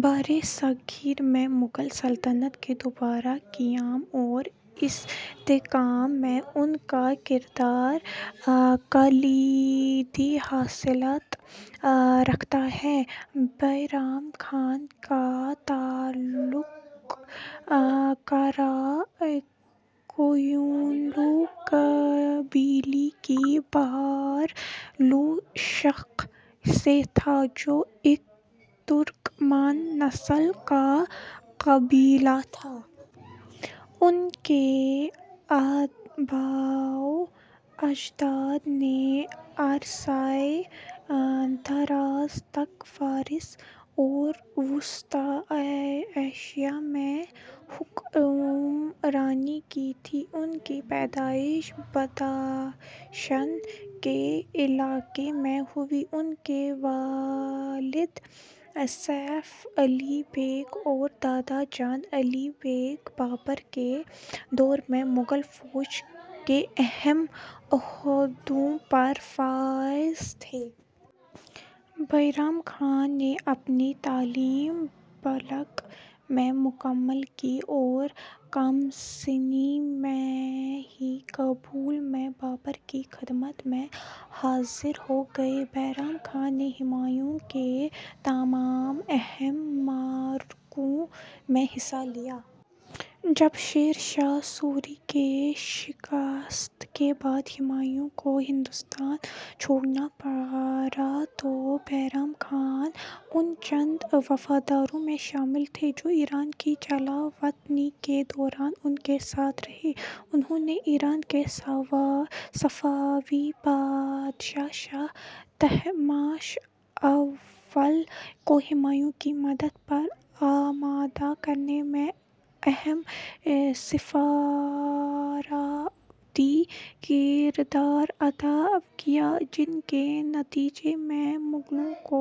برصغیر میں مغل سلطنت کے دوبارہ قیام اور استحکام میں ان کا کردار کلیدی حیثیت رکھتا ہے۔ بیرم خان کا تعلق قرا قویونلو قبیلے کی بہارلو شاخ سے تھا، جو ایک ترکمان نسل کا قبیلہ تھا۔ ان کے آبا و اجداد نے عرصہ دراز تک فارس اور وسطی ایشیا میں حکمرانی کی تھی۔ ان کی پیدائش بدخشان کے علاقے میں ہوئی۔ ان کے والد سیف علی بیگ اور دادا جان علی بیگ بابر کے دور میں مغل فوج کے اہم عہدوں پر فائز تھے۔ بیرم خان نے اپنی تعلیم بلخ میں مکمل کی اور کم سنی میں ہی کابل میں بابر کی خدمت میں حاضر ہو گئے۔ بیرم خان نے ہمایوں کے تمام اہم معرکوں میں حصہ لیا۔ جب شیر شاہ سوری سے شکست کے بعد ہمایوں کو ہندوستان چھوڑنا پڑا، تو بیرم خان ان چند وفاداروں میں شامل تھے جو ایران کی جلاوطنی کے دوران ان کے ساتھ رہے۔ انھوں نے ایران کے صفوی بادشاہ شاہ طہماسپ اول کو ہمایوں کی مدد پر آمادہ کرنے میں اہم سفارتی کردار ادا کیا، جس کے نتیجے میں مغلوں کو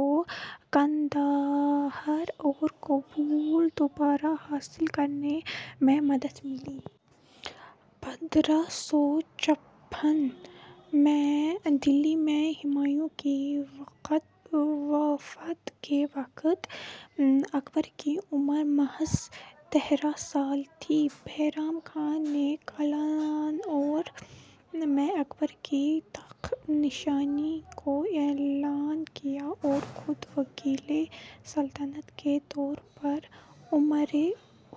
قندھار اور کابل دوبارہ حاصل کرنے میں مدد ملی۔ ء میں دہلی میں ہمایوں کی وفات کے وقت اکبر کی عمر محض سال تھی۔ بیرم خان نے کلانور میں اکبر کی تخت نشینی کا اعلان کیا اور خود وکیل السلطنت کے طور پر امورِ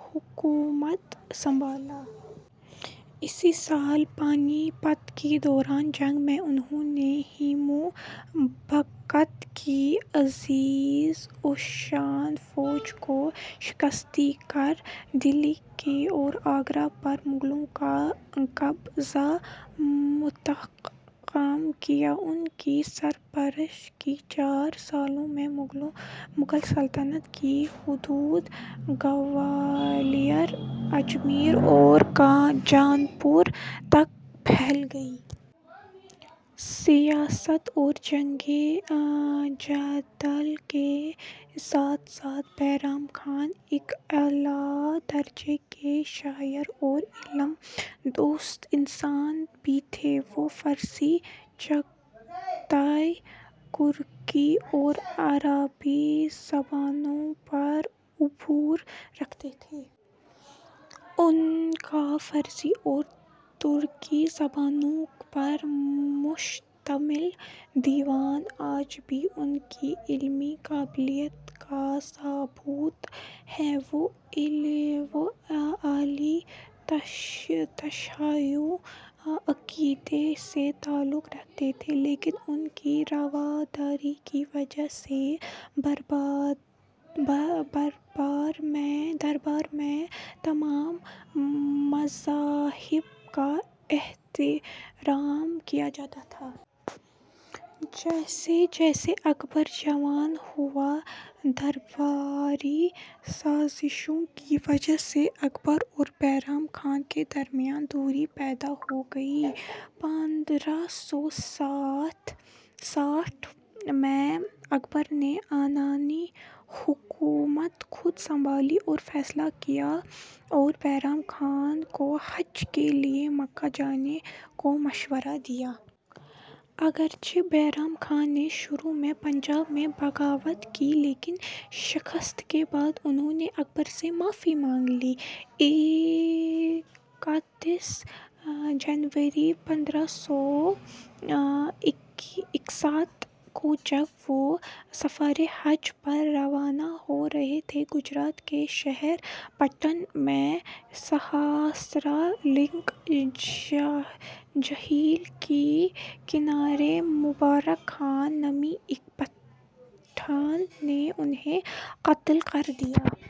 حکومت سنبھالے۔ اسی سال پانی پت کی دوسری جنگ میں انھوں نے ہیمو بقال کی عظیم الشان فوج کو شکست دے کر دہلی اور آگرہ پر مغلوں کا قبضہ مستحکم کیا۔ ان کی سرپرستی کے چار سالوں میں مغل سلطنت کی حدود گوالیار ، اجمیر اور جون پور تک پھیل گئیں۔ سیاست اور جنگ و جدل کے ساتھ ساتھ بیرم خان ایک اعلیٰ درجے کے شاعر اور علم دوست انسان بھی تھے۔ وہ فارسی ، چغتائی ترکی اور عربی زبانوں پر عبور رکھتے تھے۔ ان کا فارسی اور ترکی زبانوں پر مشتمل دیوان آج بھی ان کی علمی قابلیت کا ثبوت ہے۔ وہ اہل تشیع عقیدے سے تعلق رکھتے تھے لیکن ان کی رواداری کی وجہ سے دربار میں تمام مذاہب کا احترام کیا جاتا تھا۔ جیسے جیسے اکبر جوان ہوا، درباری سازشوں کی وجہ سے اکبر اور بیرم خان کے درمیان دوریاں پیدا ہو گئیں۔ ء میں اکبر نے عنانِ حکومت خود سنبھالنے کا فیصلہ کیا اور بیرم خان کو حج کے لیے مکہ جانے کا مشورہ دیا۔ اگرچہ بیرم خان نے شروع میں پنجاب میں بغاوت کی، لیکن شکست کے بعد انھوں نے اکبر سے معافی مانگ لی۔ جنوری ء کو جب وہ سفرِ حج پر روانہ ہو رہے تھے، گجرات کے شہر پٹن میں "سہسہ لنگ" جھیل کے کنارے مبارک خان نامی ایک پٹھان نے انھیں قتل کر دیا۔